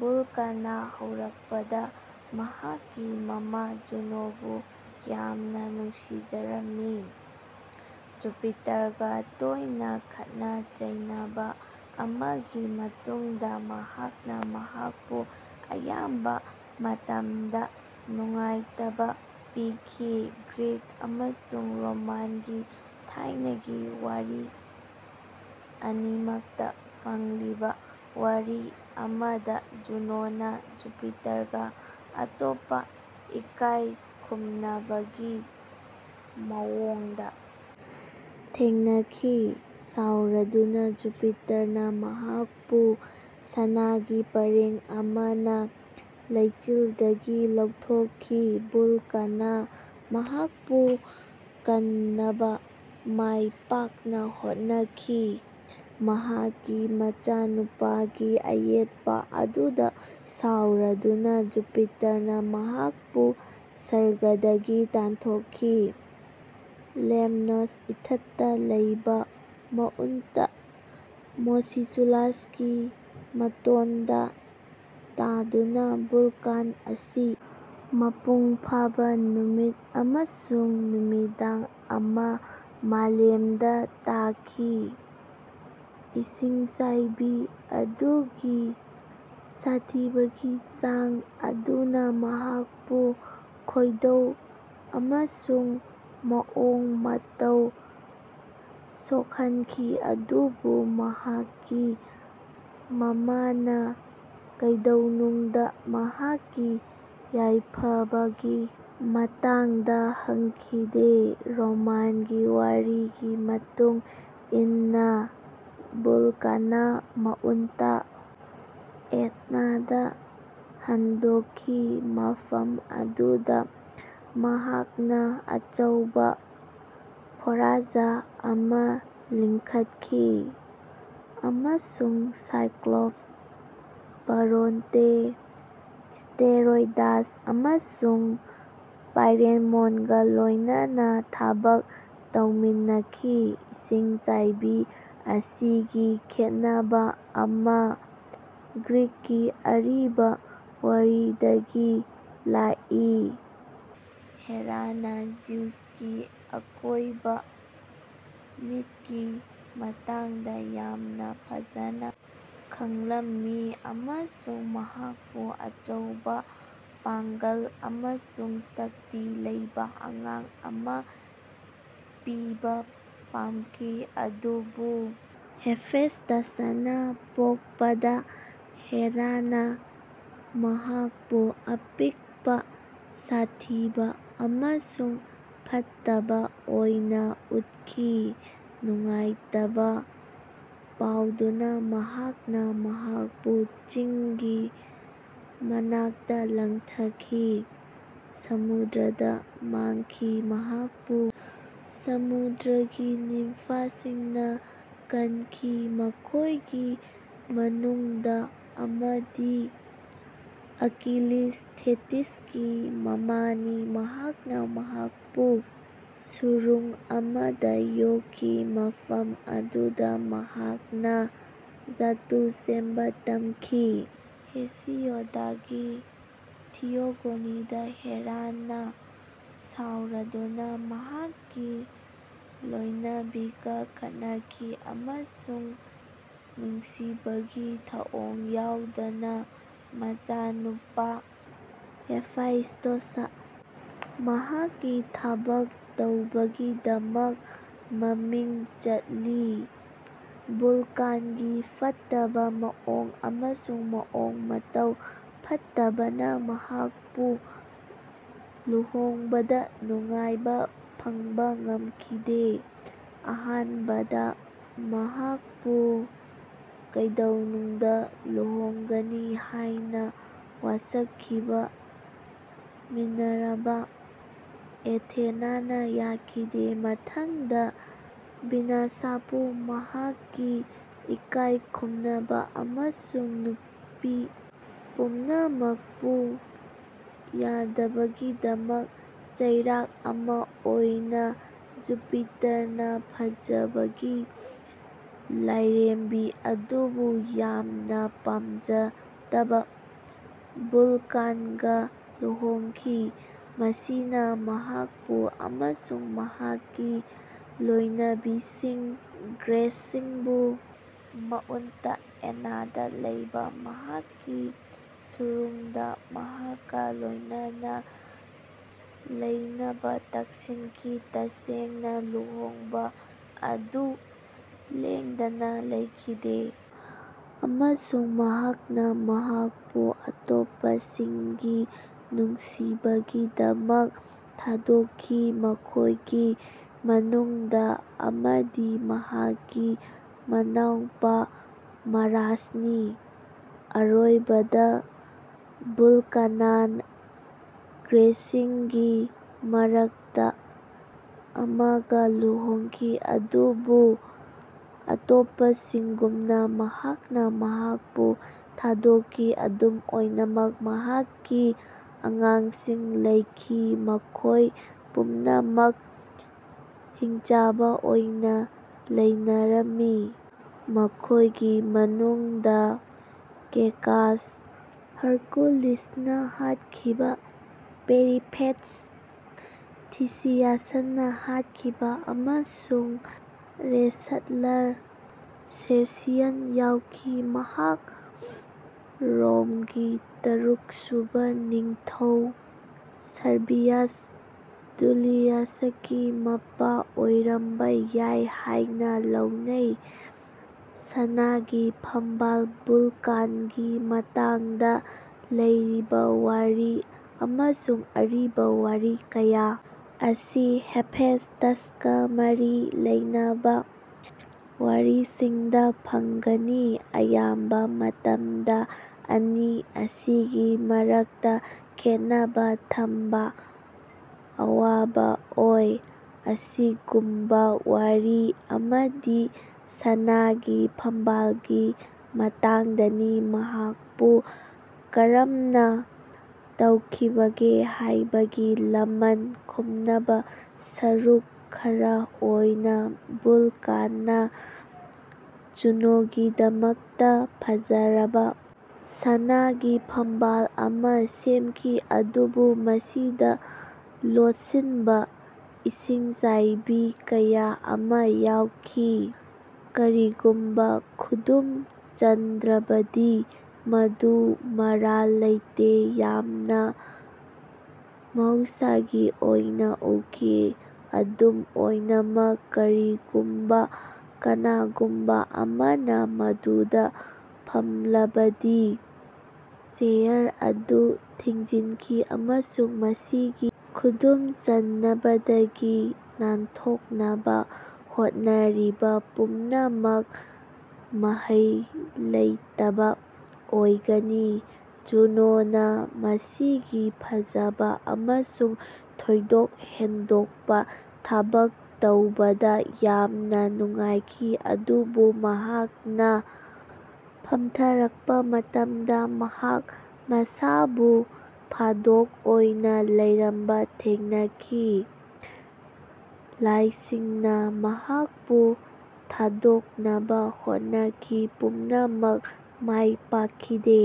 ꯚꯨꯜꯀꯥꯟꯅ ꯍꯧꯔꯛꯄꯗ, ꯃꯍꯥꯛꯀꯤ ꯃꯃꯥ ꯖꯨꯅꯣꯕꯨ ꯌꯥꯝꯅ ꯅꯨꯡꯁꯤꯖꯔꯝꯃꯤ꯫ ꯖꯨꯄꯤꯇꯔꯒ ꯇꯣꯏꯅ ꯈꯠꯅ-ꯆꯩꯅꯕ ꯑꯃꯒꯤ ꯃꯇꯨꯡꯗ ꯃꯍꯥꯛꯅ ꯃꯍꯥꯛꯄꯨ ꯑꯌꯥꯝꯕ ꯃꯇꯝꯗ ꯅꯨꯡꯉꯥꯏꯇꯕ ꯄꯤꯈꯤ꯫ ꯒ꯭ꯔꯤꯛ ꯑꯃꯁꯨꯡ ꯔꯣꯃꯥꯟꯒꯤ ꯊꯥꯏꯅꯒꯤ ꯋꯥꯔꯤ ꯑꯅꯤꯃꯛꯇ ꯐꯪꯂꯤꯕ ꯋꯥꯔꯤ ꯑꯃꯗ, ꯖꯨꯅꯣꯅ ꯖꯨꯄꯤꯇꯔꯒ ꯑꯇꯣꯞꯄ ꯏꯀꯥꯏ ꯈꯨꯝꯅꯕꯒꯤ ꯃꯑꯣꯡꯗ ꯊꯦꯡꯅꯈꯤ꯫ ꯁꯥꯎꯔꯗꯨꯅ, ꯖꯨꯄꯤꯇꯔꯅ ꯃꯍꯥꯛꯄꯨ ꯁꯅꯥꯒꯤ ꯄꯔꯦꯡ ꯑꯃꯅ ꯂꯩꯆꯤꯜꯗꯒꯤ ꯂꯧꯊꯣꯛꯈꯤ꯫ ꯚꯨꯜꯀꯥꯟꯅ ꯃꯍꯥꯛꯄꯨ ꯀꯟꯅꯕ ꯃꯥꯏ ꯄꯥꯛꯅ ꯍꯣꯠꯅꯈꯤ꯫ ꯃꯍꯥꯛꯀꯤ ꯃꯆꯥꯅꯨꯄꯥꯒꯤ ꯑꯌꯦꯠꯄ ꯑꯗꯨꯗ ꯁꯥꯎꯔꯗꯨꯅ ꯖꯨꯄꯤꯇꯔꯅ ꯃꯍꯥꯛꯄꯨ ꯁꯔꯒꯗꯒꯤ ꯇꯥꯟꯊꯣꯛꯈꯤ꯫ ꯂꯦꯝꯅꯣꯁ ꯏꯊꯠꯇ ꯂꯩꯕ ꯃꯥꯎꯟꯇ ꯃꯣꯁꯤꯆꯨꯂꯁꯀꯤ ꯃꯇꯣꯟꯗ ꯇꯥꯗꯨꯅ ꯚꯨꯜꯀꯥꯟ ꯑꯁꯤ ꯃꯄꯨꯡ ꯐꯥꯕ ꯅꯨꯃꯤꯠ ꯑꯃꯁꯨꯡ ꯅꯨꯃꯤꯗꯥꯡ ꯑꯃ ꯃꯥꯂꯦꯝꯗ ꯇꯥꯈꯤ꯫ ꯏꯁꯤꯡꯆꯥꯏꯕꯤ ꯑꯗꯨꯒꯤ ꯁꯥꯊꯤꯕꯒꯤ ꯆꯥꯡ ꯑꯗꯨꯅ ꯃꯍꯥꯛꯄꯨ ꯈꯣꯏꯗꯧ ꯑꯃꯁꯨꯡ ꯃꯑꯣꯡ ꯃꯇꯧ ꯁꯣꯛꯍꯟꯈꯤ, ꯑꯗꯨꯕꯨ ꯃꯍꯥꯛꯀꯤ ꯃꯃꯥꯅ ꯀꯩꯗꯧꯅꯨꯡꯗ ꯃꯍꯥꯛꯀꯤ ꯌꯥꯏꯐꯕꯒꯤ ꯃꯇꯥꯡꯗ ꯍꯪꯈꯤꯗꯦ꯫ ꯔꯣꯃꯥꯟꯒꯤ ꯋꯥꯔꯤꯒꯤ ꯃꯇꯨꯡ ꯏꯟꯅ, ꯚꯨꯜꯀꯥꯟꯅ ꯃꯥꯎꯟꯇ ꯑꯦꯠꯅꯥꯗ ꯍꯟꯗꯣꯛꯈꯤ ꯃꯐꯝ ꯑꯗꯨꯗ ꯃꯍꯥꯛꯅ ꯑꯆꯧꯕ ꯐꯣꯔꯖ ꯑꯃ ꯂꯤꯡꯈꯠꯈꯤ ꯑꯃꯁꯨꯡ ꯁꯥꯏꯀ꯭ꯂꯣꯞꯁ ꯕ꯭ꯔꯣꯟꯇꯦ, ꯁ꯭ꯇꯦꯔꯣꯏꯗꯁ ꯑꯃꯁꯨꯡ ꯄꯥꯏꯔꯦꯃꯣꯟꯒ ꯂꯣꯏꯅꯅ ꯊꯕꯛ ꯇꯧꯃꯤꯟꯅꯈꯤ꯫ ꯏꯁꯤꯡꯆꯥꯏꯕꯤ ꯑꯁꯤꯒꯤ ꯈꯦꯠꯅꯕ ꯑꯃ ꯒ꯭ꯔꯤꯛꯀꯤ ꯑꯔꯤꯕ ꯋꯥꯔꯤꯗꯒꯤ ꯂꯥꯛꯏ꯫ ꯍꯦꯔꯥꯅ ꯖ꯭ꯌꯨꯁꯀꯤ ꯑꯀꯣꯏꯕ ꯃꯤꯠꯀꯤ ꯃꯇꯥꯡꯗ ꯌꯥꯝꯅ ꯐꯖꯅ ꯈꯪꯂꯝꯃꯤ ꯑꯃꯁꯨꯡ ꯃꯍꯥꯛꯄꯨ ꯑꯆꯧꯕ ꯄꯥꯡꯒꯜ ꯑꯃꯁꯨꯡ ꯁꯛꯇꯤ ꯂꯩꯕ ꯑꯉꯥꯡ ꯑꯃ ꯄꯤꯕ ꯄꯥꯝꯈꯤ, ꯑꯗꯨꯕꯨ ꯍꯦꯐꯦꯁ꯭ꯇꯁꯅ ꯄꯣꯛꯄꯗ ꯍꯦꯔꯥꯅ ꯃꯍꯥꯛꯄꯨ ꯑꯄꯤꯛꯄ, ꯁꯥꯊꯤꯕ ꯑꯃꯁꯨꯡ ꯐꯠꯇꯕ ꯑꯣꯏꯅ ꯎꯈꯤ꯫ ꯅꯨꯡꯉꯥꯏꯇꯕ ꯐꯥꯎꯗꯨꯅ, ꯃꯍꯥꯛꯅ ꯃꯍꯥꯛꯄꯨ ꯆꯤꯡꯒꯤ ꯃꯅꯥꯛꯇ ꯂꯪꯊꯈꯤ, ꯁꯃꯨꯗ꯭ꯔꯗ ꯃꯥꯡꯈꯤ꯫ ꯃꯍꯥꯛꯄꯨ ꯁꯃꯨꯗ꯭ꯔꯒꯤ ꯅꯤꯝꯐꯁꯤꯡꯅ ꯀꯟꯈꯤ (ꯃꯈꯣꯏꯒꯤ ꯃꯅꯨꯡꯗ ꯑꯃꯗꯤ ꯑꯀꯤꯂꯤꯁ, ꯊꯦꯇꯤꯁꯀꯤ ꯃꯃꯥꯅꯤ), ꯃꯍꯥꯛꯅ ꯃꯍꯥꯛꯄꯨ ꯁꯨꯔꯨꯡ ꯑꯃꯗ ꯌꯣꯛꯈꯤ ꯃꯐꯝ ꯑꯗꯨꯗ ꯃꯍꯥꯛꯅ ꯙꯥꯇꯨ ꯁꯦꯝꯕ ꯇꯝꯈꯤ꯫ ꯍꯦꯁꯤꯌꯣꯗꯀꯤ ꯊꯤꯌꯣꯒꯣꯅꯤꯗ, ꯍꯦꯔꯥꯅ ꯁꯥꯎꯔꯗꯨꯅ, ꯃꯍꯥꯛꯀꯤ ꯂꯣꯏꯅꯕꯤꯒ ꯈꯠꯅꯈꯤ ꯑꯃꯁꯨꯡ ꯅꯨꯡꯁꯤꯕꯒꯤ ꯊꯧꯑꯣꯡ ꯌꯥꯎꯗꯅ ꯃꯆꯥꯅꯨꯄꯥ ꯍꯦꯐꯥꯏꯁ꯭ꯇꯣꯁ, ꯃꯍꯥꯛꯀꯤ ꯊꯕꯛ ꯇꯧꯕꯒꯤꯗꯃꯛ ꯃꯃꯤꯡ ꯆꯠꯂꯤ꯫ ꯚꯨꯜꯀꯥꯟꯒꯤ ꯐꯠꯇꯕ ꯃꯑꯣꯡ ꯑꯃꯁꯨꯡ ꯃꯑꯣꯡ ꯃꯇꯧ ꯐꯠꯇꯕꯅ ꯃꯍꯥꯛꯄꯨ ꯂꯨꯍꯣꯡꯕꯗ ꯅꯨꯡꯉꯥꯏꯕ ꯐꯪꯕ ꯉꯝꯈꯤꯗꯦ꯫ ꯑꯍꯥꯟꯕꯗ, ꯃꯍꯥꯛꯄꯨ ꯀꯩꯗꯧꯅꯨꯡꯗ ꯂꯨꯍꯣꯡꯒꯅꯤ ꯍꯥꯏꯅ ꯋꯥꯁꯛꯈꯤꯕ ꯃꯤꯅꯔꯚꯥ (ꯑꯦꯊꯦꯅꯥ)ꯅ ꯌꯥꯈꯤꯗꯦ꯫ ꯃꯊꯪꯗ, ꯚꯤꯅꯁꯄꯨ ꯃꯍꯥꯛꯀꯤ ꯏꯀꯥꯏ ꯈꯨꯝꯅꯕ ꯑꯃꯁꯨꯡ ꯅꯨꯄꯤ ꯄꯨꯝꯅꯃꯛꯄꯨ ꯌꯥꯗꯕꯒꯤꯗꯃꯛ ꯆꯩꯔꯥꯛ ꯑꯃ ꯑꯣꯏꯅ, ꯖꯨꯄꯤꯇꯔꯅ ꯐꯖꯕꯒꯤ ꯂꯥꯏꯔꯦꯝꯕꯤ ꯑꯗꯨꯕꯨ ꯌꯥꯝꯅ ꯄꯥꯝꯖꯗꯕ ꯚꯨꯜꯀꯥꯟꯒ ꯂꯨꯍꯣꯡꯈꯤ, ꯃꯁꯤꯅ ꯃꯍꯥꯛꯄꯨ ꯑꯃꯁꯨꯡ ꯃꯍꯥꯛꯀꯤ ꯂꯣꯏꯅꯕꯤꯁꯤꯡ ꯒ꯭ꯔꯦꯁꯁꯤꯡꯕꯨ ꯃꯥꯎꯟꯇ ꯑꯦꯠꯅꯥꯗ ꯂꯩꯕ ꯃꯍꯥꯛꯀꯤ ꯁꯨꯔꯨꯡꯗ ꯃꯍꯥꯛꯀ ꯂꯣꯏꯅꯅ ꯂꯩꯅꯕ ꯇꯛꯁꯤꯟꯈꯤ꯫ ꯇꯁꯦꯡꯅ, ꯂꯨꯍꯣꯡꯕ ꯑꯗꯨ ꯂꯦꯡꯗꯅ ꯂꯩꯈꯤꯗꯦ, ꯑꯃꯁꯨꯡ ꯃꯍꯥꯛꯅ ꯃꯍꯥꯛꯄꯨ ꯑꯇꯣꯞꯄꯁꯤꯡꯒꯤ ꯅꯨꯡꯁꯤꯕꯒꯤꯗꯃꯛ ꯊꯥꯗꯣꯛꯈꯤ ꯃꯈꯣꯏꯒꯤ ꯃꯅꯨꯡꯗ ꯑꯃꯗꯤ ꯃꯍꯥꯛꯀꯤ ꯃꯅꯥꯎꯅꯨꯄꯥ ꯃꯥꯔ꯭ꯁꯅꯤ꯫ ꯑꯔꯣꯏꯕꯗ, ꯚꯨꯜꯀꯥꯟꯅ ꯒ꯭ꯔꯦꯁꯁꯤꯡꯒꯤ ꯃꯔꯛꯇ ꯑꯃꯒ ꯂꯨꯍꯣꯡꯈꯤ, ꯑꯗꯨꯕꯨ ꯑꯇꯣꯞꯄꯁꯤꯡꯒꯨꯝꯅ ꯃꯍꯥꯛꯅ ꯃꯍꯥꯛꯄꯨ ꯊꯥꯗꯣꯛꯈꯤ꯫ ꯑꯗꯨꯝ ꯑꯣꯏꯅꯃꯛ, ꯃꯍꯥꯛꯀꯤ ꯑꯉꯥꯡꯁꯤꯡ ꯂꯩꯈꯤ ꯃꯈꯣꯏ ꯄꯨꯝꯅꯃꯛ ꯍꯤꯡꯆꯥꯕ ꯑꯣꯏꯅ ꯂꯩꯅꯔꯝꯃꯤ ꯃꯈꯣꯏꯒꯤ ꯃꯅꯨꯡꯗ ꯀꯦꯀꯁ (ꯍꯔꯀꯨꯂꯤꯁꯅ ꯍꯥꯠꯈꯤꯕ), ꯄꯦꯔꯤꯐꯦꯠꯁ (ꯊꯤꯁꯤꯌꯁꯅ ꯍꯥꯠꯈꯤꯕ), ꯑꯃꯁꯨꯡ ꯔꯦꯁꯠꯂꯔ ꯁꯦꯔꯁꯤꯌꯟ ꯌꯥꯎꯈꯤ꯫ ꯃꯍꯥꯛ ꯔꯣꯝꯒꯤ ꯇꯔꯨꯛꯁꯨꯕ ꯅꯤꯡꯊꯧ ꯁꯔꯚꯤꯌꯁ ꯇꯨꯂꯤꯌꯁꯀꯤ ꯃꯄꯥ ꯑꯣꯏꯔꯝꯕ ꯌꯥꯏ ꯍꯥꯏꯅ ꯂꯧꯅꯩ꯫ ꯁꯅꯥꯒꯤ ꯐꯝꯕꯥꯜ ꯚꯨꯜꯀꯥꯟꯒꯤ ꯃꯇꯥꯡꯗ ꯂꯩꯔꯤꯕ ꯋꯥꯔꯤ ꯑꯃꯁꯨꯡ ꯑꯔꯤꯕ ꯋꯥꯔꯤ ꯀꯌꯥ ꯑꯁꯤ ꯍꯦꯐꯦꯁ꯭ꯇꯁꯀ ꯃꯔꯤ ꯂꯩꯅꯕ ꯋꯥꯔꯤꯁꯤꯡꯗ ꯐꯪꯒꯅꯤ꯫ ꯑꯌꯥꯝꯕ ꯃꯇꯝꯗ ꯑꯅꯤ ꯑꯁꯤꯒꯤ ꯃꯔꯛꯇ ꯈꯦꯠꯅꯕ ꯊꯝꯕ ꯑꯋꯥꯕ ꯑꯣꯏ꯫ ꯑꯁꯤꯒꯨꯝꯕ ꯋꯥꯔꯤ ꯑꯃꯗꯤ ꯁꯅꯥꯒꯤ ꯐꯝꯕꯥꯜꯒꯤ ꯃꯇꯥꯡꯗꯅꯤ꯫ ꯃꯍꯥꯛꯄꯨ ꯀꯔꯝꯅ ꯇꯧꯈꯤꯕꯒꯦ ꯍꯥꯏꯕꯒꯤ ꯂꯃꯟ ꯈꯨꯝꯅꯕ ꯁꯔꯨꯛ ꯈꯔ ꯑꯣꯏꯅ, ꯚꯨꯜꯀꯥꯟꯅ ꯖꯨꯅꯣꯒꯤꯗꯃꯛꯇ ꯐꯖꯔꯕ ꯁꯅꯥꯒꯤ ꯐꯝꯕꯥꯜ ꯑꯃ ꯁꯦꯝꯈꯤ, ꯑꯗꯨꯕꯨ ꯃꯁꯤꯗ ꯂꯣꯠꯁꯤꯟꯕ ꯏꯁꯤꯡꯆꯥꯏꯕꯤ ꯀꯌꯥ ꯑꯃ ꯌꯥꯎꯈꯤ꯫ ꯀꯔꯤꯒꯨꯝꯕ ꯈꯨꯗꯨꯝ ꯆꯟꯗ꯭ꯔꯕꯗꯤ, ꯃꯗꯨ ꯃꯔꯥꯜ ꯂꯩꯇꯦ, ꯌꯥꯝꯅ ꯃꯍꯧꯁꯥꯒꯤ ꯑꯣꯏꯅ ꯎꯈꯤ꯫ ꯑꯗꯨꯝ ꯑꯣꯏꯅꯃꯛ, ꯀꯔꯤꯒꯨꯝꯕ ꯀꯅꯥꯒꯨꯝꯕ ꯑꯃꯅ ꯃꯗꯨꯗ ꯐꯝꯂꯕꯗꯤ, ꯆꯦꯌꯔ ꯑꯗꯨ ꯊꯤꯡꯖꯤꯟꯈꯤ, ꯑꯃꯁꯨꯡ ꯃꯁꯤꯒꯤ ꯈꯨꯗꯨꯝ ꯆꯟꯅꯕꯗꯒꯤ ꯅꯥꯟꯊꯣꯛꯅꯕ ꯍꯣꯠꯅꯔꯤꯕ ꯄꯨꯝꯅꯃꯛ ꯃꯍꯩ ꯂꯩꯇꯕ ꯑꯣꯏꯒꯅꯤ꯫ ꯖꯨꯅꯣꯅ ꯃꯁꯤꯒꯤ ꯐꯖꯕ ꯑꯃꯁꯨꯡ ꯊꯣꯏꯗꯣꯛ ꯍꯦꯟꯗꯣꯛꯄ ꯊꯕꯛ ꯇꯧꯕꯗ ꯌꯥꯝꯅ ꯅꯨꯡꯉꯥꯏꯈꯤ, ꯑꯗꯨꯕꯨ ꯃꯍꯥꯛꯅ ꯐꯝꯊꯔꯛꯄ ꯃꯇꯝꯗ ꯃꯍꯥꯛ ꯃꯁꯥꯕꯨ ꯐꯥꯗꯣꯛ ꯑꯣꯏꯅ ꯂꯩꯔꯝꯕ ꯊꯦꯡꯅꯈꯤ꯫ ꯂꯥꯏꯁꯤꯡꯅ ꯃꯍꯥꯛꯄꯨ ꯊꯥꯗꯣꯛꯅꯕ ꯍꯣꯠꯅꯈꯤ ꯄꯨꯝꯅꯃꯛ ꯃꯥꯏ ꯄꯥꯛꯈꯤꯗꯦ꯫